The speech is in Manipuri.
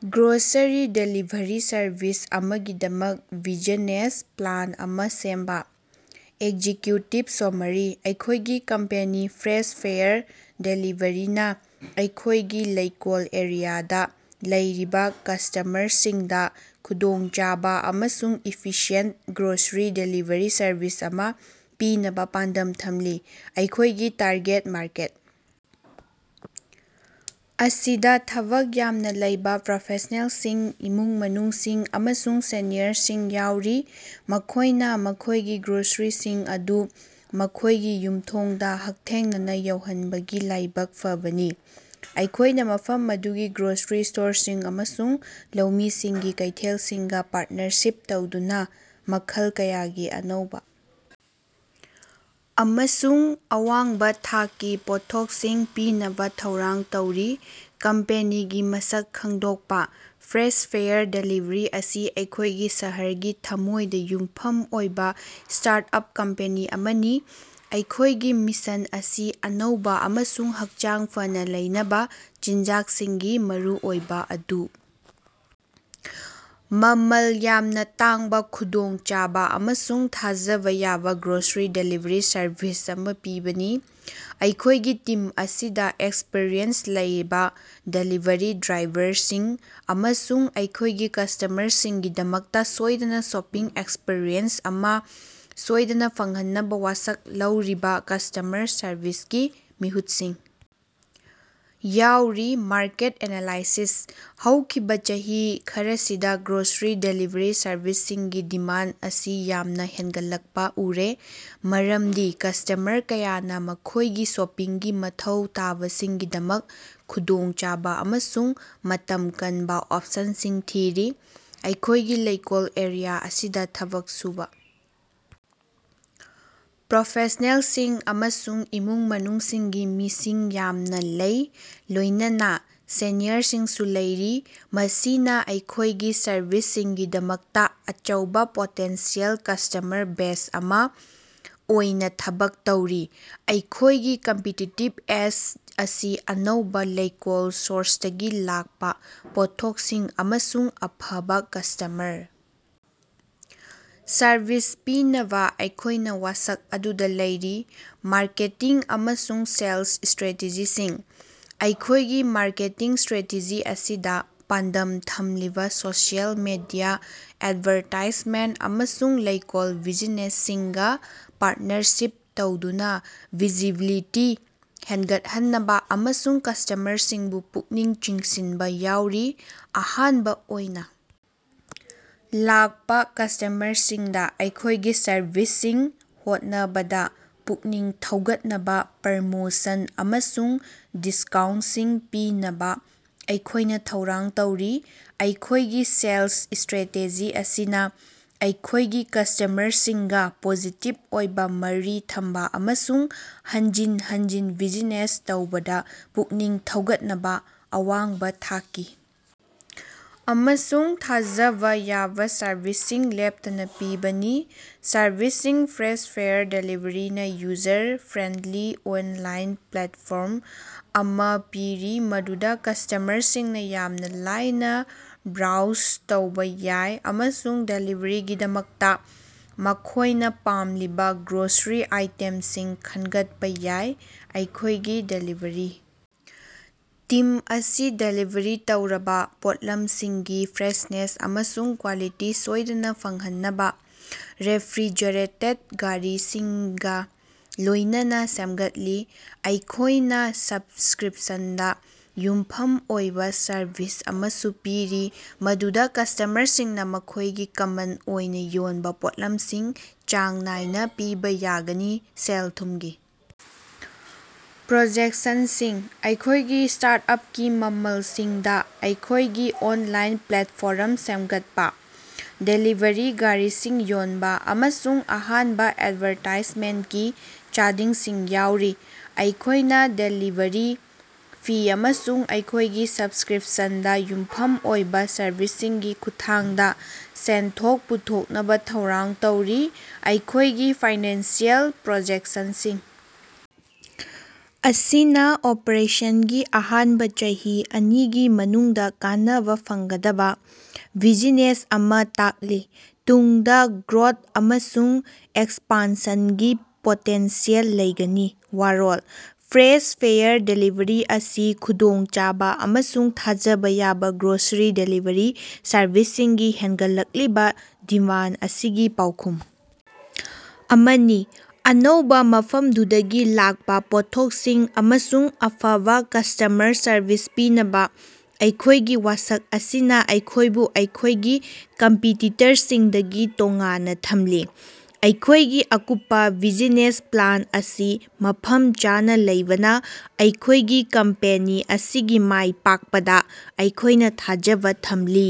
ꯒ꯭ꯔꯣꯁꯔꯤ ꯗꯦꯂꯤꯚꯔꯤ ꯁꯔꯚꯤꯁ ꯑꯃꯒꯤꯗꯃꯛ ꯕꯤꯖꯅꯦꯁ ꯄ꯭ꯂꯥꯟ ꯑꯃꯥ ꯁꯦꯝꯕꯥ꯫ ꯑꯦꯛꯖꯤꯀ꯭ꯌꯨꯇꯤꯕ ꯁꯣꯃꯥꯔꯤ: ꯑꯩꯈꯣꯏꯒꯤ ꯀꯝꯄꯦꯅꯤ ꯐ꯭ꯔꯦꯁ ꯐꯦꯌꯔ ꯗꯦꯂꯤꯕꯔꯤꯅꯥ ꯑꯩꯈꯣꯏꯒꯤ ꯂꯣꯀꯦꯜ ꯑꯦꯔꯤꯌꯥꯗꯥ ꯂꯩꯔꯤꯕꯥ ꯀꯁꯇꯃꯔꯁꯤꯡꯗꯥ ꯈꯨꯗꯣꯡꯆꯥꯕꯥ ꯑꯃꯁꯨꯡ ꯏꯐꯤꯁꯤꯌꯦꯟꯇ ꯒ꯭ꯔꯣꯁꯔꯤ ꯗꯦꯂꯤꯕꯔꯤ ꯁꯔꯕꯤꯁ ꯑꯃꯥ ꯄꯤꯅꯕꯥ ꯄꯥꯟꯗꯝ ꯊꯝꯂꯤ꯫ ꯑꯩꯈꯣꯏꯒꯤ ꯇꯥꯔꯒꯦꯠ ꯃꯥꯔꯀꯦꯠ ꯑꯁꯤꯗꯥ ꯊꯕꯛ ꯌꯥꯝꯅꯥ ꯂꯩꯕꯥ ꯄ꯭ꯔꯣꯐꯦꯁꯅꯦꯜꯁꯤꯡ, ꯏꯃꯨꯡ ꯃꯅꯨꯡꯁꯤꯡ, ꯑꯃꯁꯨꯡ ꯁꯦꯅꯤꯌꯔꯁꯤꯡ ꯌꯥꯎꯔꯤ, ꯃꯈꯣꯏꯅꯥ ꯃꯈꯣꯏꯒꯤ ꯒ꯭ꯔꯣꯁꯔꯤꯁꯤꯡ ꯑꯗꯨ ꯃꯈꯣꯏꯒꯤ ꯌꯨꯝꯊꯣꯡꯗꯥ ꯍꯛꯊꯦꯡꯅꯅꯥ ꯌꯧꯍꯟꯕꯒꯤ ꯂꯥꯏꯕꯛ ꯐꯕꯅꯤ꯫ ꯑꯩꯈꯣꯏꯅꯥ ꯃꯐꯝ ꯑꯗꯨꯒꯤ ꯒ꯭ꯔꯣꯁꯔꯤ ꯁ꯭ꯇꯣꯔꯁꯤꯡ ꯑꯃꯁꯨꯡ ꯂꯧꯃꯤꯁꯤꯡꯒꯤ ꯀꯩꯊꯦꯜꯁꯤꯡꯒꯥ ꯄꯥꯔꯠꯅꯔꯁꯤꯞ ꯇꯧꯗꯨꯅꯥ ꯃꯈꯜ ꯀꯌꯥꯒꯤ ꯑꯅꯧꯕꯥ ꯑꯃꯁꯨꯡ ꯑꯋꯥꯡꯕꯥ ꯊꯥꯛꯀꯤ ꯄꯣꯠꯊꯣꯛꯁꯤꯡ ꯄꯤꯅꯕꯥ ꯊꯧꯔꯥꯡ ꯇꯧꯔꯤ꯫ ꯀꯝꯄꯦꯅꯤꯒꯤ ꯃꯁꯛ ꯈꯪꯗꯣꯛꯄꯥ: ꯐ꯭ꯔꯦꯁ ꯐꯦꯌꯔ ꯗꯦꯂꯤꯕꯔꯤ ꯑꯁꯤ ꯑꯩꯈꯣꯏꯒꯤ ꯁꯍꯔꯒꯤ ꯊꯃꯣꯏꯗꯥ ꯌꯨꯝꯐꯝ ꯑꯣꯏꯕꯥ ꯁ꯭ꯇꯥꯔꯠꯑꯞ ꯀꯝꯄꯦꯅꯤ ꯑꯃꯅꯤ꯫ ꯑꯩꯈꯣꯏꯒꯤ ꯃꯤꯁꯟ ꯑꯁꯤ ꯑꯅꯧꯕꯥ ꯑꯃꯁꯨꯡ ꯍꯛꯆꯥꯡ ꯐꯅꯥ ꯂꯩꯅꯕꯥ ꯆꯤꯟꯖꯥꯛꯁꯤꯡꯒꯤ ꯃꯔꯨꯑꯣꯏꯕꯥ ꯑꯗꯨ ꯃꯃꯜ ꯌꯥꯝꯅꯥ ꯇꯥꯡꯕꯥ ꯈꯨꯗꯣꯡꯆꯥꯕꯥ ꯑꯃꯁꯨꯡ ꯊꯥꯖꯕꯥ ꯌꯥꯕꯥ ꯒ꯭ꯔꯣꯁꯔꯤ ꯗꯦꯂꯤꯕꯔꯤ ꯁꯔꯚꯤꯁ ꯑꯃꯥ ꯄꯤꯕꯅꯤ꯫ ꯑꯩꯈꯣꯏꯒꯤ ꯇꯤꯝ ꯑꯁꯤꯗꯥ ꯑꯦꯛꯁꯄꯔꯤꯌꯦꯟꯁ ꯂꯩꯕꯥ ꯗꯦꯂꯤꯕꯔꯤ ꯗ꯭ꯔꯥꯏꯚꯔꯁꯤꯡ ꯑꯃꯁꯨꯡ ꯑꯩꯈꯣꯏꯒꯤ ꯀꯁꯇꯃꯔꯁꯤꯡꯒꯤꯗꯃꯛꯇꯥ ꯁꯣꯏꯗꯅꯥ ꯁꯣꯄꯤꯡ ꯑꯦꯛꯁꯄꯤꯔꯤꯑꯦꯟꯁ ꯑꯃꯥ ꯁꯣꯏꯗꯅꯥ ꯐꯪꯍꯟꯅꯕꯥ ꯋꯥꯁꯛ ꯂꯧꯔꯤꯕꯥ ꯀꯁꯇꯃꯔ ꯁꯔꯕꯤꯁꯀꯤ ꯃꯤꯍꯨꯠꯁꯤꯡ ꯌꯥꯎꯔꯤ꯫ ꯃꯥꯔꯀꯦꯠ ꯑꯦꯅꯥꯂꯥꯏꯁꯤꯁ: ꯍꯧꯈꯤꯕꯥ ꯆꯍꯤ ꯈꯔꯁꯤꯗꯥ ꯒ꯭ꯔꯣꯁꯔꯤ ꯗꯦꯂꯤꯕꯔꯤ ꯁꯔꯚꯤꯁꯁꯤꯡꯒꯤ ꯗꯤꯃꯥꯟ ꯑꯁꯤ ꯌꯥꯝꯅꯥ ꯍꯦꯟꯒꯠꯂꯛꯄꯥ ꯎꯔꯦ ꯃꯔꯝꯗꯤ ꯀꯁꯇꯃꯔ ꯀꯌꯥꯅꯥ ꯃꯈꯣꯏꯒꯤ ꯁꯣꯄꯤꯡꯒꯤ ꯃꯊꯧ ꯇꯥꯕꯁꯤꯡꯒꯤꯗꯃꯛ ꯈꯨꯗꯣꯡꯆꯥꯕꯥ ꯑꯃꯁꯨꯡ ꯃꯇꯝ ꯀꯟꯕ ꯑꯣꯞꯁꯟꯁꯤꯡ ꯊꯤꯔꯤ꯫ ꯑꯩꯈꯣꯏꯒꯤ ꯂꯣꯀꯦꯜ ꯑꯦꯔꯤꯌꯥ ꯑꯁꯤꯗꯥ ꯊꯕꯛ ꯁꯨꯕꯥ ꯄ꯭ꯔꯣꯐꯦꯁꯅꯦꯜꯁꯤꯡ ꯑꯃꯁꯨꯡ ꯏꯃꯨꯡ ꯃꯅꯨꯡꯁꯤꯡꯒꯤ ꯃꯤꯁꯤꯡ ꯌꯥꯝꯅꯥ ꯂꯩ, ꯂꯣꯏꯅꯅꯥ ꯁꯦꯅꯤꯌꯔꯁꯤꯡꯁꯨ ꯂꯩꯔꯤ, ꯃꯁꯤꯅꯥ ꯑꯩꯈꯣꯏꯒꯤ ꯁꯔꯕꯤꯁꯁꯤꯡꯒꯤꯗꯃꯛꯇꯥ ꯑꯆꯧꯕꯥ ꯄꯣꯇꯦꯟꯁꯤꯌꯦꯜ ꯀꯁꯇꯃꯔ ꯕꯦꯖ ꯑꯃꯥ ꯑꯣꯏꯅꯥ ꯊꯕꯛ ꯇꯧꯔꯤ꯫ ꯑꯩꯈꯣꯏꯒꯤ ꯀꯝꯄꯤꯇꯤꯇꯤꯕ ꯑꯦꯖ ꯑꯁꯤ ꯑꯅꯧꯕꯥ, ꯂꯩꯀ‌ꯣꯜ ꯁꯣꯔꯁꯇꯒꯤ ꯂꯥꯛꯄꯥ ꯄꯣꯠꯊꯣꯛꯁꯤꯡ ꯑꯃꯁꯨꯡ ꯑꯐꯕꯥ ꯀꯁꯇꯃꯔ ꯁꯔꯕꯤꯁ ꯄꯤꯅꯕꯥ ꯑꯩꯈꯣꯏꯅꯥ ꯋꯥꯁꯛ ꯑꯗꯨꯗꯥ ꯂꯩꯔꯤ꯫ ꯃꯥꯔꯀꯦꯇꯤꯡ ꯑꯃꯁꯨꯡ ꯁꯦꯜꯁ ꯁꯇ꯭ꯔꯦꯇꯦꯖꯤꯁꯤꯡ: ꯑꯩꯈꯣꯏꯒꯤ ꯃꯥꯔꯀꯦꯇꯤꯡ ꯁꯇ꯭ꯔꯦꯇꯦꯖꯤ ꯑꯁꯤꯗꯥ ꯄꯥꯟꯗꯝ ꯊꯝꯂꯤꯕꯥ ꯁꯣꯁꯤꯑꯦꯜ ꯃꯦꯗꯤꯌꯥ ꯑꯦꯗꯚꯔꯇꯥꯏꯖꯃꯦꯟ ꯑꯃꯁꯨꯡ ꯂꯣꯀꯦꯜ ꯕꯤꯖꯤꯅꯦꯁꯁꯤꯡꯒꯥ ꯄꯥꯔꯠꯅꯔꯁꯤꯞ ꯇꯧꯗꯨꯅꯥ ꯚꯤꯖꯤꯕꯤꯂꯤꯇꯤ ꯍꯦꯟꯒꯠꯍꯟꯅꯕꯥ ꯑꯃꯁꯨꯡ ꯀꯁꯇꯃꯔꯁꯤꯡꯕꯨ ꯄꯨꯛꯅꯤꯡ ꯆꯤꯡꯁꯤꯟꯕꯥ ꯌꯥꯎꯔꯤ꯫ ꯑꯍꯥꯟꯕꯥ ꯑꯣꯏꯅꯥ ꯂꯥꯛꯄꯥ ꯀꯁꯇꯃꯔꯁꯤꯡꯗꯥ ꯑꯩꯈꯣꯏꯒꯤ ꯁꯔꯚꯤꯁꯁꯤꯡ ꯍꯣꯠꯅꯕꯗꯥ ꯄꯨꯛꯅꯤꯡ ꯊꯧꯒꯠꯅꯕꯥ ꯄ꯭ꯔꯃꯣꯁꯟ ꯑꯃꯁꯨꯡ ꯗꯤꯁꯀꯥꯎꯟꯠꯁꯤꯡ ꯄꯤꯅꯕꯥ ꯑꯩꯈꯣꯏꯅꯥ ꯊꯧꯔꯥꯡ ꯇꯧꯔꯤ꯫ ꯑꯩꯈꯣꯏꯒꯤ ꯁꯦꯜꯁ ꯁꯇ꯭ꯔꯦꯇꯦꯖꯤ ꯑꯁꯤꯅꯥ ꯑꯩꯈꯣꯏꯒꯤ ꯀꯁꯇꯃꯔꯁꯤꯡꯒꯥ ꯄꯣꯖꯤꯇꯤꯕ ꯑꯣꯏꯕꯥ ꯃꯔꯤ ꯊꯝꯕꯥ ꯑꯃꯁꯨꯡ ꯍꯟꯖꯤꯟ ꯍꯟꯖꯤꯟ ꯕꯤꯖꯤꯅꯦꯁ ꯇꯧꯕꯗꯥ ꯄꯨꯛꯅꯤꯡ ꯊꯧꯒꯠꯅꯕꯥ ꯑꯋꯥꯡꯕꯥ ꯊꯥꯛꯀꯤ ꯑꯃꯁꯨꯡ ꯊꯥꯖꯕꯥ ꯌꯥꯕꯥ ꯁꯔꯕꯤꯁꯁꯤꯡ ꯂꯦꯞꯇꯅꯥ ꯄꯤꯕꯅꯤ꯫ ꯁꯔꯚꯤꯁꯁꯤꯡ: ꯐ꯭ꯔꯦꯁ ꯐꯦꯌꯔ ꯗꯦꯂꯤꯕꯔꯤꯅꯥ ꯌꯨꯖꯔ ꯐ꯭ꯔꯦꯟꯗꯂꯤ ꯑꯣꯟꯂꯥꯏꯟ ꯄ꯭ꯂꯦꯠꯐꯣꯔꯝ ꯑꯃꯥ ꯄꯤꯔꯤ ꯃꯗꯨꯗꯥ ꯀꯁꯇꯃꯔꯁꯤꯡꯅꯥ ꯌꯥꯝꯅꯥ ꯂꯥꯏꯅꯥ ꯕ꯭ꯔꯣꯎꯖ ꯇꯧꯕꯥ ꯌꯥꯏ ꯑꯃꯁꯨꯡ ꯗꯦꯂꯤꯕꯔꯤꯒꯤꯗꯃꯛꯇꯥ ꯃꯈꯣꯏꯅꯥ ꯄꯥꯝꯂꯤꯕꯥ ꯒ꯭ꯔꯣꯁꯔꯤ ꯑꯥꯏꯇꯦꯝꯁꯤꯡ ꯈꯟꯒꯠꯄꯥ ꯌꯥꯏ꯫ ꯑꯩꯈꯣꯏꯒꯤ ꯗꯦꯂꯤꯕꯔꯤ ꯇꯤꯝ ꯑꯁꯤ ꯗꯦꯂꯤꯕꯔꯤ ꯇꯧꯔꯕꯥ ꯄꯣꯠꯂꯝꯁꯤꯡꯒꯤ ꯐ꯭ꯔꯦꯁꯅꯦꯁ ꯑꯃꯁꯨꯡ ꯀ꯭ꯋꯥꯂꯤꯇꯤ ꯁꯣꯏꯗꯅꯥ ꯐꯪꯍꯟꯅꯕꯥ ꯔꯦꯐ꯭ꯔꯤꯖꯔꯦꯇꯦꯗ ꯒꯥꯔꯤꯁꯤꯡꯒꯥ ꯂꯣꯏꯅꯅꯥ ꯁꯦꯝꯒꯠꯂꯤ꯫ ꯑꯩꯈꯣꯏꯅꯥ ꯁꯕꯁꯀ꯭ꯔꯤꯞꯁꯟꯗꯥ ꯌꯨꯝꯐꯝ ꯑꯣꯏꯕꯥ ꯁꯔꯚꯤꯁ ꯑꯃꯁꯨ ꯄꯤꯔꯤ ꯃꯗꯨꯗꯥ ꯀꯁꯇꯃꯔꯁꯤꯡꯅꯥ ꯃꯈꯣꯏꯒꯤ ꯀꯃꯟ ꯑꯣꯏꯅꯥ ꯌꯣꯟꯕꯥ ꯄꯣꯠꯂꯝꯁꯤꯡ ꯆꯥꯡ ꯅꯥꯏꯅꯥ ꯄꯤꯕꯥ ꯌꯥꯒꯅꯤ꯫ ꯁꯦꯜ-ꯊꯨꯝꯒꯤ ꯄ꯭ꯔꯣꯖꯦꯛꯁꯟꯁꯤꯡ: ꯑꯩꯈꯣꯏꯒꯤ ꯁ꯭ꯇꯥꯔꯠꯑꯞꯀꯤ ꯃꯃꯜꯁꯤꯡꯗꯥ ꯑꯩꯈꯣꯏꯒꯤ ꯑꯣꯟꯂꯥꯏꯟ ꯄ꯭ꯂꯦꯠꯐꯣꯔꯝ ꯁꯦꯝꯒꯠꯄꯥ, ꯗꯦꯂꯤꯕꯔꯤ ꯒꯥꯔꯤꯁꯤꯡ ꯌꯣꯟꯕꯥ, ꯑꯃꯁꯨꯡ ꯑꯍꯥꯟꯕꯥ ꯑꯦꯗꯚꯔꯇꯥꯏꯖꯃꯦꯟꯀꯤ ꯆꯥꯗꯤꯡꯁꯤꯡ ꯌꯥꯎꯔꯤ꯫ ꯑꯩꯈꯣꯏꯅꯥ ꯗꯦꯂꯤꯕꯔꯤ ꯐꯤ ꯑꯃꯁꯨꯡ ꯑꯩꯈꯣꯏꯒꯤ ꯁꯕꯁꯀ꯭ꯔꯤꯞꯁꯟꯗꯥ ꯌꯨꯝꯐꯝ ꯑꯣꯏꯕꯥ ꯁꯔꯕꯤꯁꯁꯤꯡꯒꯤ ꯈꯨꯠꯊꯥꯡꯗꯥ ꯁꯦꯟꯊꯣꯛ ꯄꯨꯊꯣꯛꯅꯕꯥ ꯊꯧꯔꯥꯡ ꯇꯧꯔꯤ꯫ ꯑꯩꯈꯣꯏꯒꯤ ꯐꯥꯏꯅꯥꯟꯁꯤꯑꯦꯜ ꯄ꯭ꯔꯣꯖꯦꯛꯁꯟꯁꯤꯡ ꯑꯁꯤꯅꯥ ꯑꯣꯄꯔꯦꯁꯟꯒꯤ ꯑꯍꯥꯟꯕꯥ ꯆꯍꯤ ꯑꯅꯤꯒꯤ ꯃꯅꯨꯡꯗꯥ ꯀꯥꯟꯅꯕꯥ ꯐꯪꯒꯗꯕꯥ ꯕꯤꯖꯤꯅꯦꯁ ꯑꯃꯥ ꯇꯥꯛꯂꯤ, ꯇꯨꯡꯗꯥ ꯒ꯭ꯔꯣꯊ ꯑꯃꯁꯨꯡ ꯑꯦꯛꯁꯄꯥꯟꯁꯟꯒꯤ ꯄꯣꯇꯦꯟꯁꯤꯌꯦꯜ ꯂꯩꯒꯅꯤ꯫ ꯋꯥꯔꯣꯜ: ꯐ꯭ꯔꯦꯁ ꯐꯦꯌꯔ ꯗꯦꯂꯤꯕꯔꯤ ꯑꯁꯤ ꯈꯨꯗꯣꯡꯆꯥꯕꯥ ꯑꯃꯁꯨꯡ ꯊꯥꯖꯕꯥ ꯌꯥꯕꯥ ꯒ꯭ꯔꯣꯁꯔꯤ ꯗꯦꯂꯤꯕꯔꯤ ꯁꯔꯚꯤꯁꯁꯤꯡꯒꯤ ꯍꯦꯟꯒꯠꯂꯛꯂꯤꯕꯥ ꯗꯤꯃꯥꯟ ꯑꯁꯤꯒꯤ ꯄꯥꯎꯈꯨꯝ ꯑꯃꯅꯤ꯫ ꯑꯅꯧꯕꯥ, ꯃꯐꯝꯗꯨꯗꯒꯤ ꯂꯥꯛꯄꯥ ꯄꯣꯠꯊꯣꯛꯁꯤꯡ ꯑꯃꯁꯨꯡ ꯑꯐꯕꯥ ꯀꯁꯇꯃꯔ ꯁꯔꯕꯤꯁ ꯄꯤꯅꯕꯥ ꯑꯩꯈꯣꯏꯒꯤ ꯋꯥꯁꯛ ꯑꯁꯤꯅꯥ ꯑꯩꯈꯣꯏꯕꯨ ꯑꯩꯈꯣꯏꯒꯤ ꯀꯝꯄꯤꯇꯤꯇꯔꯁꯤꯡꯗꯒꯤ ꯇꯣꯉꯥꯟꯅꯥ ꯊꯝꯂꯤ꯫ ꯑꯩꯈꯣꯏꯒꯤ ꯑꯀꯨꯞꯄꯥ ꯕꯤꯖꯤꯅꯦꯁ ꯄ꯭ꯂꯥꯟ ꯑꯁꯤ ꯃꯐꯝ ꯆꯥꯅꯥ ꯂꯩꯕꯅꯥ ꯑꯩꯈꯣꯏꯒꯤ ꯀꯝꯄꯦꯅꯤ ꯑꯁꯤꯒꯤ ꯃꯥꯏ ꯄꯥꯛꯄꯗꯥ ꯑꯩꯈꯣꯏꯅꯥ ꯊꯥꯖꯕꯥ ꯊꯝꯂꯤ꯫